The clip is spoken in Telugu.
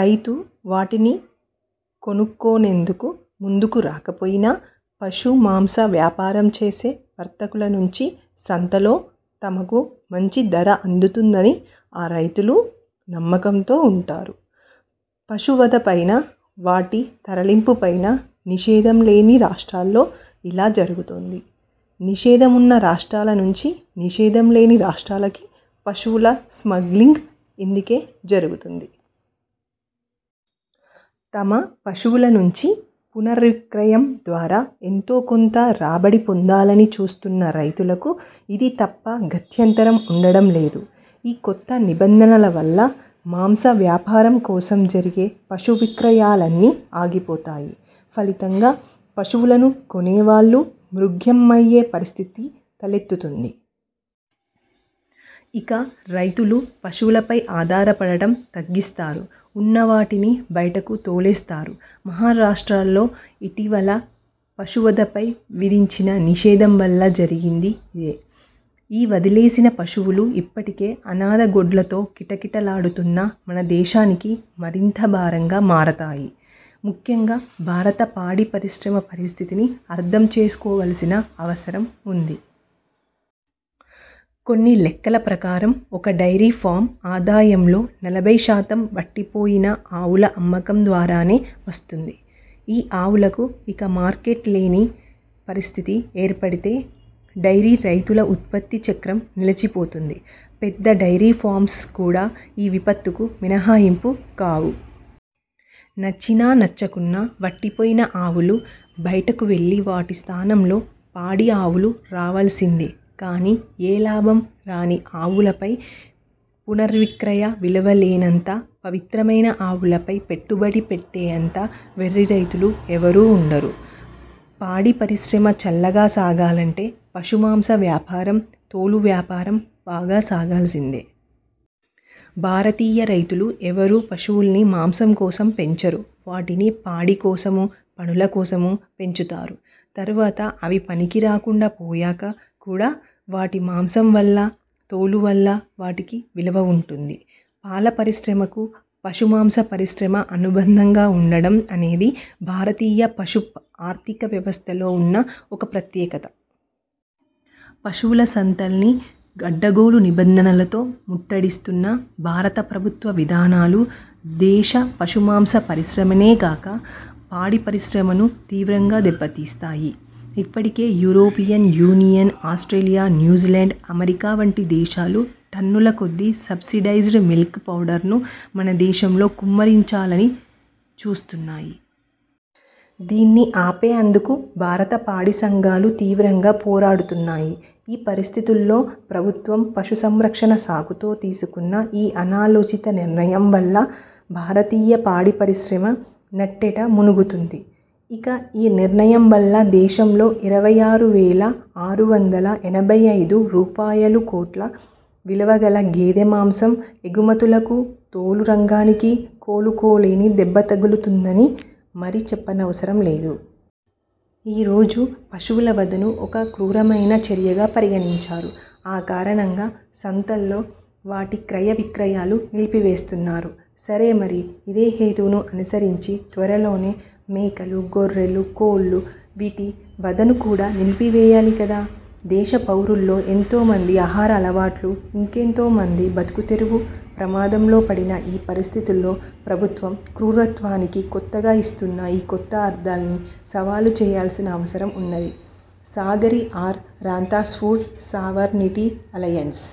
రైతూ వాటిని కొనుక్కొనేందుకు ముందుకు రాకపోయినా, పశు మాంస వ్యాపారం చేసే వర్తకుల నుంచి సంతలో తమకు మంచి ధర అందుతుందని ఆ రైతులు నమ్మకంతో ఉంటారు. పశువధపైనా, వాటి తరలింపుపైనా నిషేధం లేని రాష్ట్రాల్లో ఇలా జరుగుతోంది. నిషేధం ఉన్న రాష్ట్రాల నుంచి నిషేధం లేని రాష్ట్రాలకి పశువుల 'స్మగ్లింగ్' ఇందుకే జరుగుతోంది. తమ పశువుల నుంచి పునర్విక్రయం ద్వారా ఎంతో కొంత రాబడి పొందాలని చూస్తున్న రైతులకు ఇది తప్ప గత్యంతరం ఉండటం లేదు. ఈ కొత్త నిబంధనల వల్ల మాంస వ్యాపారం కోసం జరిగే పశు విక్రయాలన్నీ ఆగిపోతాయి. ఫలితంగా పశువులను కొనేవాళ్ళు మృగ్యమయ్యే పరిస్థితి తలెత్తుతుంది. ఇక రైతులు పశువులపై ఆధారపడటం తగ్గిస్తారు. ఉన్నవాటిని బయటకు తోలేస్తారు. మహారాష్ట్రలో ఇటీవల పశువధపై విధించిన నిషేధం వల్ల జరిగింది ఇదే. ఈ వదిలేసిన పశువులు ఇప్పటికే అనాథ గొడ్లతో కిటకిటలాడుతున్న మన దేశానికి మరింత భారంగా మారతాయి. ముఖ్యంగా భారత పాడి పరిశ్రమ పరిస్థితిని అర్థం చేసుకోవాల్సిన అవసరం ఉంది. కొన్ని లెక్కల ప్రకారం ఒక డైరీ ఫార్మ్ ఆదాయంలో నలభై శాతం వట్టిపోయిన ఆవుల అమ్మకం ద్వారానే వస్తుంది. ఈ ఆవులకు ఇక మార్కెట్ లేని పరిస్థితి ఏర్పడితే, డైరీ రైతుల ఉత్పత్తి చక్రం నిలచిపోతుంది. పెద్ద డైరీ ఫార్మ్స్ కూడా ఈ విపత్తుకు మినహాయింపు కావు. నచ్చినా నచ్చకున్నా, వట్టిపోయిన ఆవులు బయటకువెళ్ళి వాటి స్థానంలో పాడి ఆవులు రావాల్సిందే. కానీ ఏ లాభం రాని ఆవులపై పునర్విక్రయ విలువ లేనంత పవిత్రమైన ఆవులపై పెట్టుబడి పెట్టేంత వెర్రి రైతులు ఎవరూ ఉండరు. పాడి పరిశ్రమ చల్లగా సాగాలంటే, పశు మాంస వ్యాపారం, తోలు వ్యాపారం బాగా సాగాల్సిందే. భారతీయ రైతులు ఎవరూ పశువుల్ని మాంసం కోసం పెంచరు వాటిని పాడి కోసమూ, పనుల కోసమూ పెంచుతారు. తర్వాత అవి పనికిరాకుండా పోయాక కూడా వాటి మాంసం వల్ల, తోలు వల్లా వాటికి విలువ ఉంటుంది. పాల పరిశ్రమకు పశు మాంస పరిశ్రమ అనుబంధంగా ఉండటం అనేది భారతీయ పశు ఆర్థిక వ్యవస్థలో ఉన్న ఒక ప్రత్యేకత. పశువుల సంతల్ని అడ్డగోలు నిబంధనలతో ముట్టడిస్తున్న భారత ప్రభుత్వ విధానాలు దేశ పశు మాంస పరిశ్రమనే గాక, పాడి పరిశ్రమనూ తీవ్రంగా దెబ్బతీస్తాయి. ఇప్పటికే European Union, Australia, New Zealand, America వంటి దేశాలు టన్నుల కొద్దీ సబ్సిడైజ్డ్ మిల్క్ పౌడర్ను మన దేశంలో కుమ్మరించాలని చుస్తున్నాయి. దీన్ని ఆపేందుకు భారత పాడి సంఘాలు తీవ్రంగా పోరాడుతున్నాయి. ఈ పరిస్థితుల్లో ప్రభుత్వం పశు సంరక్షణ సాకుతో తీసుకున్న ఈ అనాలోచిత నిర్ణయం వల్ల భారతీయ పాడి పరిశ్రమ నట్టేట మునుగుతుంది. ఇక ఈ నిర్ణయం వల్ల దేశంలో ఇరవై ఆరు వేల ఆరు వందల ఎనభై ఐదు రూపాయలుకోట్ల విలువ గల గేదె మాంసం ఎగుమతులకూ, తోలు రంగానికీ కోలుకోలేని దెబ్బ తగులుతుందని మరి చెప్పనవసరం లేదు. ఈ రోజు పశువుల వధను ఒక క్రూరమైన చర్యగా పరిగణించారు, ఆ కారణంగా సంతల్లో వాటి క్రయ విక్రయాలు నిలిపివేస్తున్నారు సరే మరి ఇదే హేతువును అనుసరించి త్వరలోనే మేకలు, గొర్రెలు, కోళ్ళూ వీటి వధను కూడా నిలిపివేయాలి కదా. దేశ పౌరుల్లో ఎంతో మంది ఆహార అలవాట్లూ, ఇంకెంతో మంది బతుకుతెరువూ ప్రమాదంలో పడిన ఈ పరిస్థితిలో ప్రభుత్వం ''క్రూరత్వా''నికి కొత్తగా ఇస్తున్న ఈ కొత్త అర్థాల్ని సవాలు చేయాల్సిన అవసరం ఉన్నది. Sagari R. Ramdas food sovereignty alliance